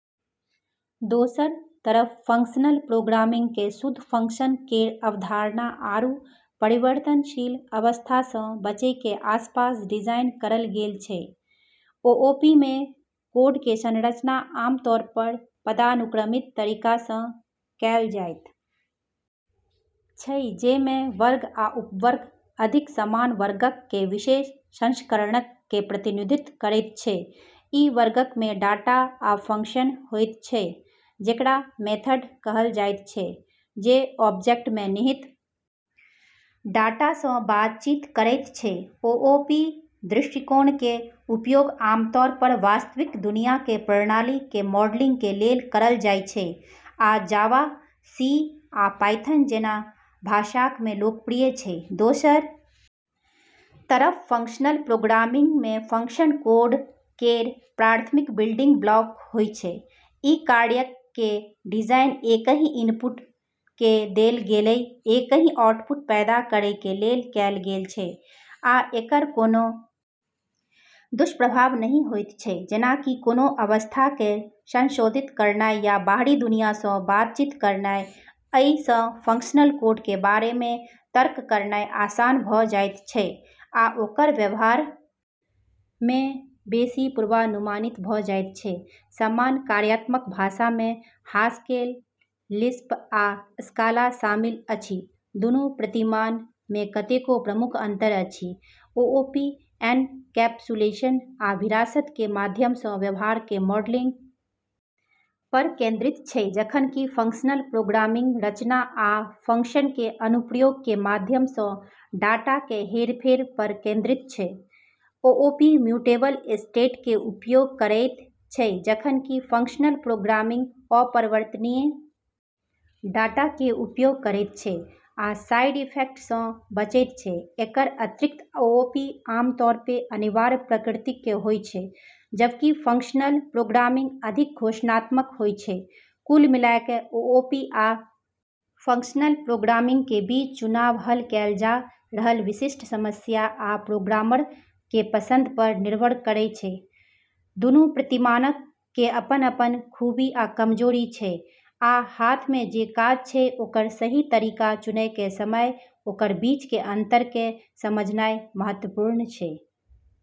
दोसरऽ तरफ functional programming क॑ शुद्ध फंक्शन केरऽ अवधारणा आरू परिवर्तनशील अवस्था स॑ बचै के आसपास डिजाइन करलऽ गेलऽ छै। ओओपी मे कोड कें संरचना आम तौर पर पदानुक्रमित तरीका सं कैल जायत छै, जइ मे वर्ग आ उपवर्ग अधिक सामान्य वर्गक कें विशेष संस्करणक कें प्रतिनिधित्व करयत छै, इ वर्गक मे डाटा आ फंक्शन होयत छै जेकरा मेथड कहल जायत छै जे ऑब्जेक्ट मे निहित डाटा सं बातचीत करयत छै, ओओपी दृष्टिकोण कें उपयोग आमतौर पर वास्तविक दुनिया कें प्रणाली कें मॉडलिंग कें लेल करल जाय छै आ जावा, सी आ पायथन जैना भाषाक मे लोकप्रिय छै, दोसरऽ तरफ, फंक्शनल प्रोग्रामिंग म॑ फंक्शन कोड केरऽ प्राथमिक बिल्डिंग ब्लॉक होय छै, ई कार्यक कें डिजाइन एकहि इनपुट कें देल गेलय एकहि आउटपुट पैदा करय कें लेल कैल गेल छै आ एकर कोनों दुष्प्रभाव नहि होयत छै जेना कि कोनों अवस्था कें संशोधित करनाय या बाहरी दुनिया सं बातचीत करनाय, अइ सं फंक्शनल कोड कें बारे मे तर्क करनाय आसान भ जायत छै आ ओकर व्यवहार मे बेसि पूर्वानुमानित भ जायत छै, सामान्य कार्यात्मक भाषा मे हास्केल, लिस्प आ स्काला शामिल अछि, दुनू प्रतिमान मे कतेको प्रमुख अंतर अछि, ओओपी एनकैप्सुलेशन आ विरासत कें माध्यम सं व्यवहार कें मॉडलिंग पर केंद्रित छै जखन कि फंक्शनल प्रोग्रामिंग रचना आ फंक्शन कें अनुप्रयोग कें माध्यम सं डाटा कें हेरफेर पर केंद्रित छै, ओओपी म्यूटेबल स्टेट कें उपयोग करयत छै जखन कि फंक्शनल प्रोग्रामिंग अपरिवर्तनीय डाटा कें उपयोग करयत छै आ साइड इफेक्ट सं बचयत छै, एकरऽ अतिरिक्त, ओओपी आम तौर पे अनिवार्य प्रकृति के होय छै, जबकि फंक्शनल प्रोग्रामिंग अधिक घोषणात्मक होय छै, कुल मिलाकय ओओपी आ फंक्शनल प्रोग्रामिंग कें बीच चुनाव हल कैल जा रहल विशिष्ट समस्या आ प्रोग्रामर कें पसंद पर निर्भर करय छै, दुनू प्रतिमानक कें अपन-अपन खूबी आ कमजोरी छै आ हाथ मे जे काज छै ओकर सही तरीका चुनय कें समय ओकर बीच कें अंतर कें समझनाय महत्वपूर्ण छै।